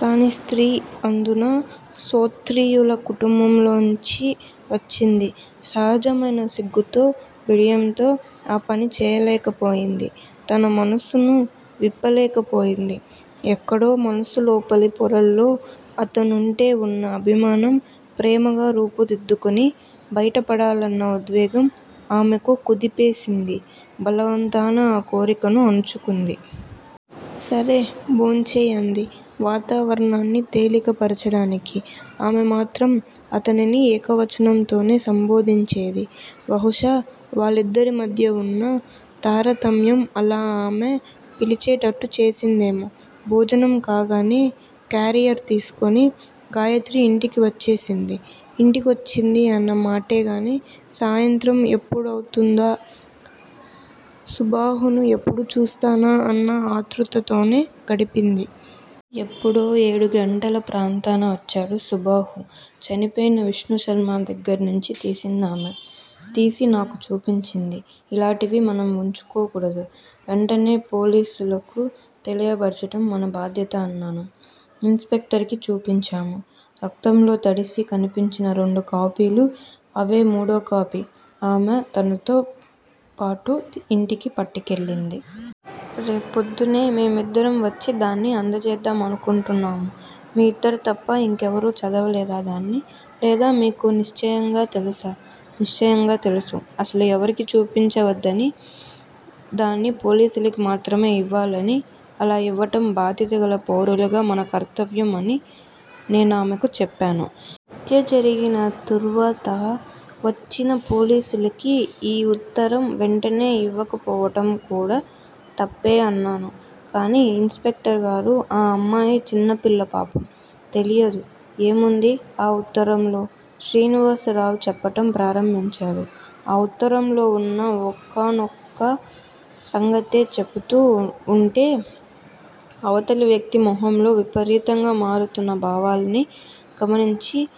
కానీ, స్త్రీ అందునా శోత్రీయుల కుటుంబంలోనుంచి వచ్చింది- సహజమైన సిగ్గుతో, బిడియంతో ఆ పని చేయలేకపోయింది. తన మనసును విప్పలేక పోయింది. ఎక్కడో మనసు లోపలి పొరల్లో అతనుంటే వున్న అభిమానం ప్రేమగా రూపు దిద్దుకుని బయటపడాలన్న ఉద్వేగం ఆమెకు కుదిపేసింది. బలవంతాన ఆ కోరికను అణచుకుంది. సరే. భోంచెయ్ అంది వాతావరణాన్ని తేలికపరచడానికి. ఆమె మాత్రం అతనిని ఏకవచనంతోనే సంభోదించేది. బహుశా వాళ్లిద్దరి మధ్యా వున్న తారతమ్యం అలా ఆమె పిలిచేటట్టు చేసిందేమో. భోజనం కాగానే క్యారియర్ తీసుకుని గాయత్రి ఇంటికి వచ్చేసింది ఇంటికొచ్చింది అన్న మాటేగాని సాయంత్రం ఎప్పుడౌతుందా, సుబాహును ఎప్పుడు చూస్తానా అన్న ఆతృతతోనే గడిపింది. ఎప్పుడో ఏడు గంటల ప్రాంతాన వచ్చాడు సుబాహు. చనిపోయిన విష్ణుశర్మ దగ్గర్నుంచి తీసింది ఆమే! తీసి నాకు చూపించింది. ఇలాటివి మనం వుంచుకోకూడదు. వెంటనే పోలీసులకి తెలియబర్చటం మన బాధ్యత అన్నాను. ఇన్ స్పెక్టర్ కి చూపించాము. రక్తంలో తడిసి కనిపించిన రెండు కాపీలూ అవే- మూడో కాపీ ఆమే తనతోపాటూ ఇంటికి పట్టుకెళ్ళింది. రేప్రోద్దున్నే మేమిద్దరం వచ్చి దాన్ని అందజేద్దామనుకుంటున్నాము. మీ ఇద్దరూ తప్ప ఇంకెవరూ చదవలేదా దాన్ని? లేదు మీకు నిశ్చయంగా తెలుసా? నిశ్చయంగా తెలుసు. అసలు ఎవరికీ చూపించవద్దనీ- దాన్ని పోలీసులకి మాత్రమే ఇవ్వాలనీ, అలా ఇవ్వటం బాధ్యతగల పౌరులుగా మన కర్తవ్యం అనీ నేనామెకు చెప్పాను. హత్యలు జరిగిన తుర్వాత వచ్చిన పోలీసులకి ఈ వుత్తరం వెంటనే ఇవ్వకపోవటం కూడా తప్పే అన్నాను కానీ ఇన్ స్పెక్టర్ గారు! ఆ అమ్మాయి చిన్నపిల్ల పాపం తెలీదు. ఏముందీ ఆ వుత్తరంలో? శ్రీనివాసరావు చెప్పటం ప్రారంభించాడు. ఆ వుత్తరంలో వున్న ఒక్కొక్క సంగతే చెపుతూ వుంటే అవతలి వ్యక్తి మొహంలో విపరీతంగా మారుతున్న భావాల్ని గమనించి-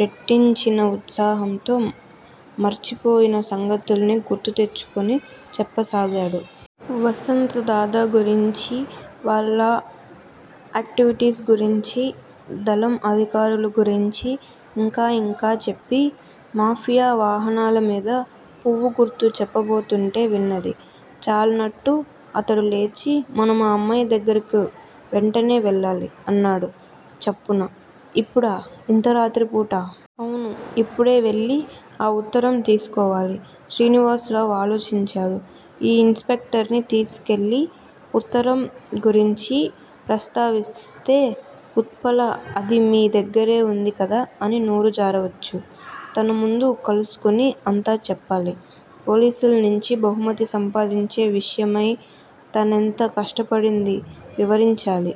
రెట్టించిన ఉత్సాహంతో, మార్చిపోయిన సంగతులన్నీ గుర్తుతెచ్చుకుని చెప్పసాగాడు. వసంత్ దాదా గురించీ, వాళ్ళ ఆక్టివిటీస్ గురించీ, దళం అధికారుల గురించీ, ఇంకా ఇంకా చెప్పి, మాఫియా వాహనాల మీద పువ్వు గుర్తు చెప్పబోతుంటే విన్నది చాలన్నట్టు అతడు లేచి, మనం ఆ అమ్మాయి దగ్గరకి వెంటనే వెళ్ళాలి- అన్నాడు చప్పున. ఇప్పుడా? ఇంత రాత్రిపూటా? అవును, ఇప్పుడే వెళ్ళి ఆ వుత్తరం తీసుకోవాలి. శ్రీనివాసరావు ఆలోచించాడు. ఈ ఇన్ స్పెక్టర్ ని తీసుకువెళ్ళి, ఉత్తరం గురించి ప్రస్తావిస్తే ఉత్పల- అది మీ దగ్గరే వుంది కదా అని నోరు జారవచ్చు. తను ముందు కలుసుకుని అంతా చెప్పాలి. పోలీసుల్నించి బహుమతి సంపాదించే విషయమై తనెంత కష్టపడిందీ వివరించాలి.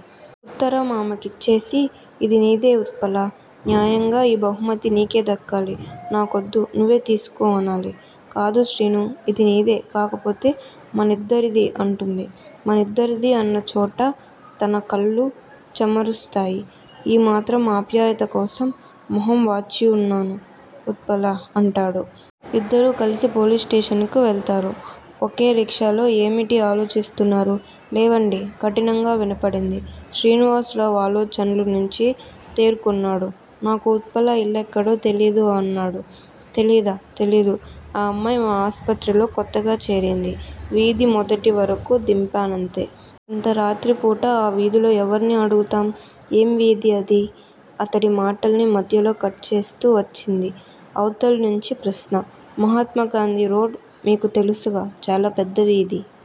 ఉత్తరం ఆమెకిచ్చేసి, ఇది నీదే ఉత్పలా! న్యాయంగా ఈ బహుమతి నీకే దక్కాలి. నాకొద్దు నువ్వే తీసుకో అనాలి. 'కాదు శ్రీనూ, ఇది నీదే- కాకపోతే మనిద్దరిదీ' అంటుంది. మనిద్దరిదీ అన్నచోట తన కళ్ళు చెమరుస్తాయి. 'ఈ మాత్రం ఆప్యాయతకోసం మొహం వాచివున్నాను ఉత్పలా' అంటాడు. ఇద్దరూ కలిసి పోలీస్ స్టేషన్ కి వెళతారు, ఒకే రిక్షాలో ఏమిటి ఆలోచిస్తున్నారు? లేవండి కఠినంగా వినపడింది. శ్రీనివాసరావు ఆలోచన్ల నుంచి తేరుకున్నాడు. నాకు ఉత్పల ఇల్లెక్కడో తెలీదు అన్నాడు. తెలీదా? తెలీదు. ఆ అమ్మాయి మా ఆస్పత్రిలో కొత్తగా జేరింది. వీథి మొదటి వరకూ దింపానంతే. ఇంతరాత్రి పూట ఆ వీథిలో ఎవర్నని అడుగుతాం? ఏం వీథి అది? అతడి మాటల్ని మధ్యలో కట్ చేస్తూ వచ్చింది అవతల్నుంచి ప్రశ్న. మహాత్మాగాంధీరోడ్డు. మీకు తెలుసుగా. చాలా పెద్ద వీధి